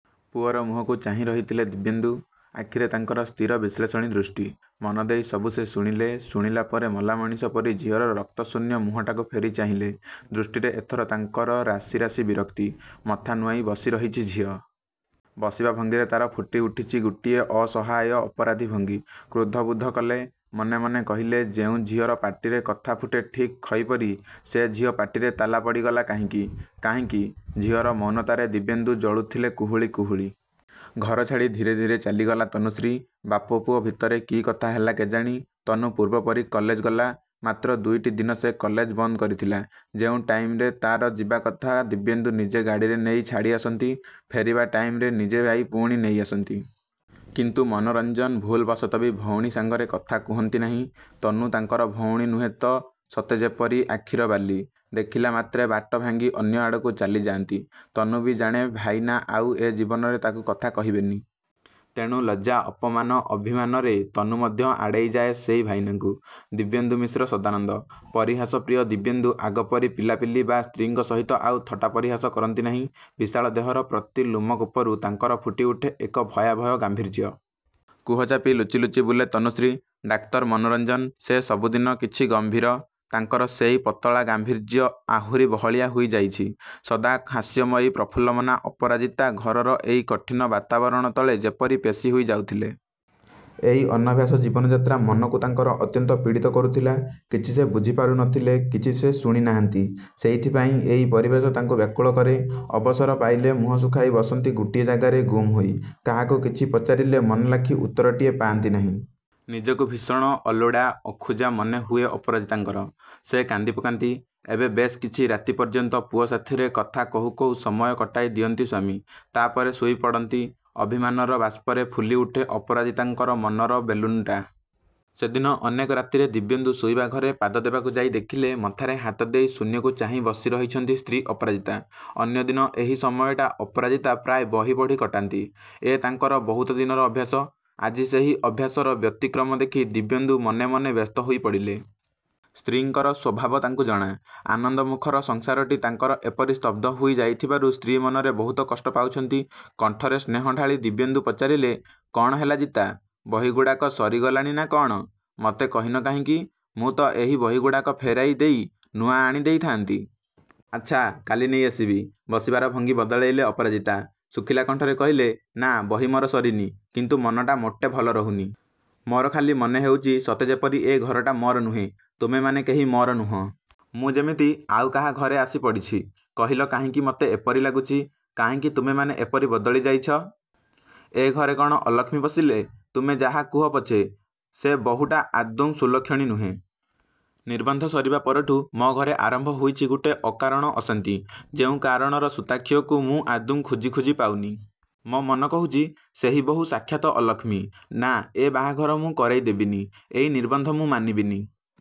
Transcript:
ପୁଅର ମୁହଁକୁ ଚାହିଁ ରହିଥିଲେ ଦିବ୍ୟେନ୍ଦୁ। ଆଖିରେ ତାଙ୍କର ସ୍ଥିର ବିଶ୍ଳେଷଣୀ ଦୃଷ୍ଟି। ମନଦେଇ ସବୁ ସେ ଶୁଣିଲେ। ଶୁଣିଲା ପରେ ମଲା ମଣିଷ ପରି ଝିଅର ରକ୍ତଶୂନ୍ୟ ମୁହଁଟାକୁ ଫେରି ଚାହିଁଲେ। ଦୃଷ୍ଟିରେ ଏଥର ତାଙ୍କର ରାଶି ରାଶି ବିରକ୍ତି। ମଥା ନୁଆଁଇ ବସି ରହିଛି ଝିଅ। ବସିବା ଭଙ୍ଗୀରେ ତା'ର ଫୁଟି ଉଠିଛି ଗୋଟିଏ ଅସହାୟ ଅପରାଧୀ ଭଙ୍ଗୀ। କୃଦ୍ଧ ବୋଧ କଲେ। ମନେ ମନେ କହିଲେ ଯେଉଁ ଝିଅର ପାଟିରେ କଥା ଫୁଟେ ଠିକ୍ ଖଇ ପରି, ସେଇ ଝିଅ ପାଟିରେ ତାଲା ପଡ଼ିଗଲା କାହିଁକି! କାହିଁକି! ଝିଅର ମୌନତାରେ ଦିବ୍ୟେନ୍ଦୁ ଜଳୁଥିଲେ କୁହୁଳି କୁହୁଳି। ଘର ଛାଡ଼ି ଧୀରେ ଧୀରେ ଚାଲିଗଲା ତନୁଶ୍ରୀ। ବାପ ପୁଅ ଭିତରେ କି କଥା ହେଲା କେଜାଣି, ତନୁ ପୂର୍ବପରି କଲେଜ ଗଲା। ମାତ୍ର ଦୁଇଟି ଦିନ ସେ କଲେଜ ବନ୍ଦ କରିଥିଲା। ଯେଉଁ ଟାଇମ୍‌ରେ ତା'ର ଯିବା କଥା ଦିବ୍ୟେନ୍ଦୁ ନିଜେ ଗାଡ଼ିରେ ନେଇ ଛାଡ଼ି ଆସନ୍ତି, ଫେରିବା ଟାଇମ୍‌ରେ ନିଜେ ଯାଇ ପୁଣି ନେଇ ଆସନ୍ତି। କିନ୍ତୁ ମନୋରଞ୍ଜନ, ଭୁଲବଶତଃ ବି ଭଉଣୀ ସାଙ୍ଗରେ କଥା କୁହନ୍ତି ନାହିଁ। ତନୁ ତାଙ୍କର ଭଉଣୀ ନୁହେଁ ତ ସତେଯେପରି ଆଖିର ବାଲି। ଦେଖିଲା ମାତ୍ରେ ବାଟ ଭାଙ୍ଗି ଅନ୍ୟ ଆଡ଼କୁ ଚାଲି ଯାଆନ୍ତି। ତନୁ ବି ଜାଣେ, ଭାଇନା ଆଉ ଏ ଜୀବନରେ ତାକୁ କଥା କହିବେନି। ତେଣୁ ଲଜ୍ଜା, ଅପମାନ, ଅଭିମାନରେ ତନୁ ମଧ୍ୟ ଆଡ଼େଇ ଯାଏ ସେଇ ଭାଇନାଙ୍କୁ। ଦିବ୍ୟେନ୍ଦୁ ମିଶ୍ର ସଦାନନ୍ଦ, ପରିହାସପ୍ରିୟ ଦିବ୍ୟେନ୍ଦୁ ଆଗପରି ପିଲାପିଲି ବା ସ୍ତ୍ରୀଙ୍କ ସହିତ ଆଉ ଥଟ୍ଟା ପରିହାସ କରନ୍ତି ନାହିଁ। ବିଶାଳ ଦେହର ପ୍ରତି ଲୋମକୂପରୁ ତାଙ୍କର ଫୁଟି ଉଠେ ଏକ ଭୟାଭୟ ଗାମ୍ଭୀର୍ଯ୍ୟ। କୋହ ଚାପି ଲୁଚି ଲୁଚି ବୁଲେ ତନୁଶ୍ରୀ। ଡାକ୍ତର ମନୋରଞ୍ଜନ, ସେ ସବୁଦିନ କିଛି ଗମ୍ଭୀର। ତାଙ୍କର ସେଇ ପତଳା ଗାମ୍ଭୀର୍ଯ୍ୟ ଆହୁରି ବହଳିଆ ହୋଇ ଯାଇଛି। ସଦା ହାସ୍ୟମୟୀ, ପ୍ରଫୁଲ୍ଲମନା ଅପରାଜିତା ଘରର ଏଇ କଠିନ ବାତାବରଣ ତଳେ ଯେପରି ପେଷି ହୋଇ ଯାଉଥିଲେ। ଏଇ ଅନଭ୍ୟାସ ଜୀବନଯାତ୍ରା ମନକୁ ତାଙ୍କର ଅତ୍ୟନ୍ତ ପୀଡ଼ିତ କରୁଥିଲା। କିଛି ସେ ବୁଝି ପାରୁ ନଥିଲେ। କିଛି ସେ ଶୁଣି ନାହାନ୍ତି। ସେଇଥିପାଇଁ ଏଇ ପରିବେଶ ତାଙ୍କୁ ବ୍ୟାକୁଳ କରେ। ଅବସର ପାଇଲେ ମୁହଁ ଶୁଖାଇ ବସନ୍ତି ଗୋଟିଏ ଜାଗାରେ ଗୁମ୍ ହୋଇ। କାହାକୁ କିଛି ପଚାରିଲେ ମନଲାଖି ଉତ୍ତରଟିଏ ପାଆନ୍ତି ନାହିଁ। ନିଜକୁ ଭୀଷଣ ଅଲୋଡ଼ା, ଅଖୋଜା ମନେ ହୁଏ ଅପରାଜିତାଙ୍କର। ସେ କାନ୍ଦି ପକାନ୍ତି। ଏବେ ବେଶ୍ କିଛି ରାତି ପର୍ଯ୍ୟନ୍ତ ପୁଅ ସାଥିରେ କଥା କହୁ କହୁ ସମୟ କଟାଇ ଦିଅନ୍ତି ସ୍ୱାମୀ। ତା' ପରେ ଶୋଇ ପଡ଼ନ୍ତି। ଅଭିମାନର ବାଷ୍ପରେ ଫୁଲି ଉଠେ ଅପରାଜିତାଙ୍କର ମନର ବେଲୁନ୍‌ଟା। ସେଦିନ ଅନେକ ରାତିରେ ଦିବ୍ୟେନ୍ଦୁ ଶୋଇବା ଘରେ ପାଦ ଦେବାକୁ ଯାଇ ଦେଖିଲେ ମଥାରେ ହାତ ଦେଇ ଶୂନ୍ୟକୁ ଚାହିଁ ବସି ରହିଛନ୍ତି ସ୍ତ୍ରୀ ଅପରାଜିତା। ଅନ୍ୟଦିନ ଏହି ସମୟଟା ଅପରାଜିତା ପ୍ରାୟ ବହି ପଢ଼ି କଟାନ୍ତି। ଏ ତାଙ୍କର ବହୁତ ଦିନର ଅଭ୍ୟାସ। ଆଜି ସେହି ଅଭ୍ୟାସର ବ୍ୟତିକ୍ରମ ଦେଖି ଦିବ୍ୟେନ୍ଦୁ ମନେ ମନେ ବ୍ୟସ୍ତ ହୋଇ ପଡ଼ିଲେ। ସ୍ତ୍ରୀଙ୍କର ସ୍ୱଭାବ ତାଙ୍କୁ ଜଣା। ଆନନ୍ଦମୁଖର ସଂସାରଟି ତାଙ୍କର ଏପରି ସ୍ତବ୍ଧ ହୋଇ ଯାଇଥିବାରୁ ସ୍ତ୍ରୀ ମନରେ ବହୁତ କଷ୍ଟ ପାଉଛନ୍ତି। କଣ୍ଠରେ ସ୍ନେହ ଢାଳି ଦିବ୍ୟେନ୍ଦୁ ପଚାରିଲେ କ'ଣ ହେଲା ଜିତା? ବହିଗୁଡ଼ାକ ସରିଗଲାଣି ନା କ'ଣ? ମତେ କହିନ କାହିଁକି? ମୁଁ ତ ଏହି ବହିଗୁଡ଼ିକ ଫେରାଇ ଦେଇ ନୂଆ ଆଣି ଦେଇଥାଆନ୍ତି। ଆଚ୍ଛା, କାଲି ନେଇ ଆସିବି। ବସିବାର ଭଙ୍ଗୀ ବଦଳାଇଲେ ଅପରାଜିତା। ଶୁଖିଲା କଣ୍ଠରେ କହିଲେ ନା ବହି ମୋର ସରିନି, କିନ୍ତୁ ମନଟା ମୋଟେ ଭଲ ରହୁନି। ମୋର ଖାଲି ମନେ ହେଉଛି ସତେଯେପରି ଏ ଘରଟା ମୋର ନୁହେଁ, ତୁମେମାନେ କେହି ମୋର ନୁହଁ। ମୁଁ ଯେମିତି ଆଉ କାହା ଘରେ ଆସି ପଡ଼ିଛି। କହିଲ କାହିଁକି ମତେ ଏପରି ଲାଗୁଛି? କାହିଁକି ତୁମେମାନେ ଏପରି ବଦଳି ଯାଇଛ? ଏ ଘରେ କ'ଣ ଅଲକ୍ଷ୍ମୀ ପଶିଲେ? ତୁମେ ଯାହା କୁହ ପଛେ ସେ ବୋହୂଟା ଆଦୌ ସୁଲକ୍ଷଣୀ ନୁହେଁ। ନିର୍ବନ୍ଧ ସରିବା ପରଠୁ ମୋ ଘରେ ଆରମ୍ଭ ହୋଇଛି ଗୋଟେ ଅକାରଣ ଅଶାନ୍ତି ଯେଉଁ କାରଣର ସୂତାଖିଅକୁ ମୁଁ ଆଦୌ ଖୋଜି ଖୋଜି ପାଉନି। ମୋ ମନ କହୁଛି ସେହି ବୋହୂ ସାକ୍ଷାତ ଅଲକ୍ଷ୍ମୀ। ନା ଏ ବାହାଘର ମୁଁ କରାଇ ଦେବିନି। ଏଇ ନିର୍ବନ୍ଧ ମୁଁ ମାନିବିନି।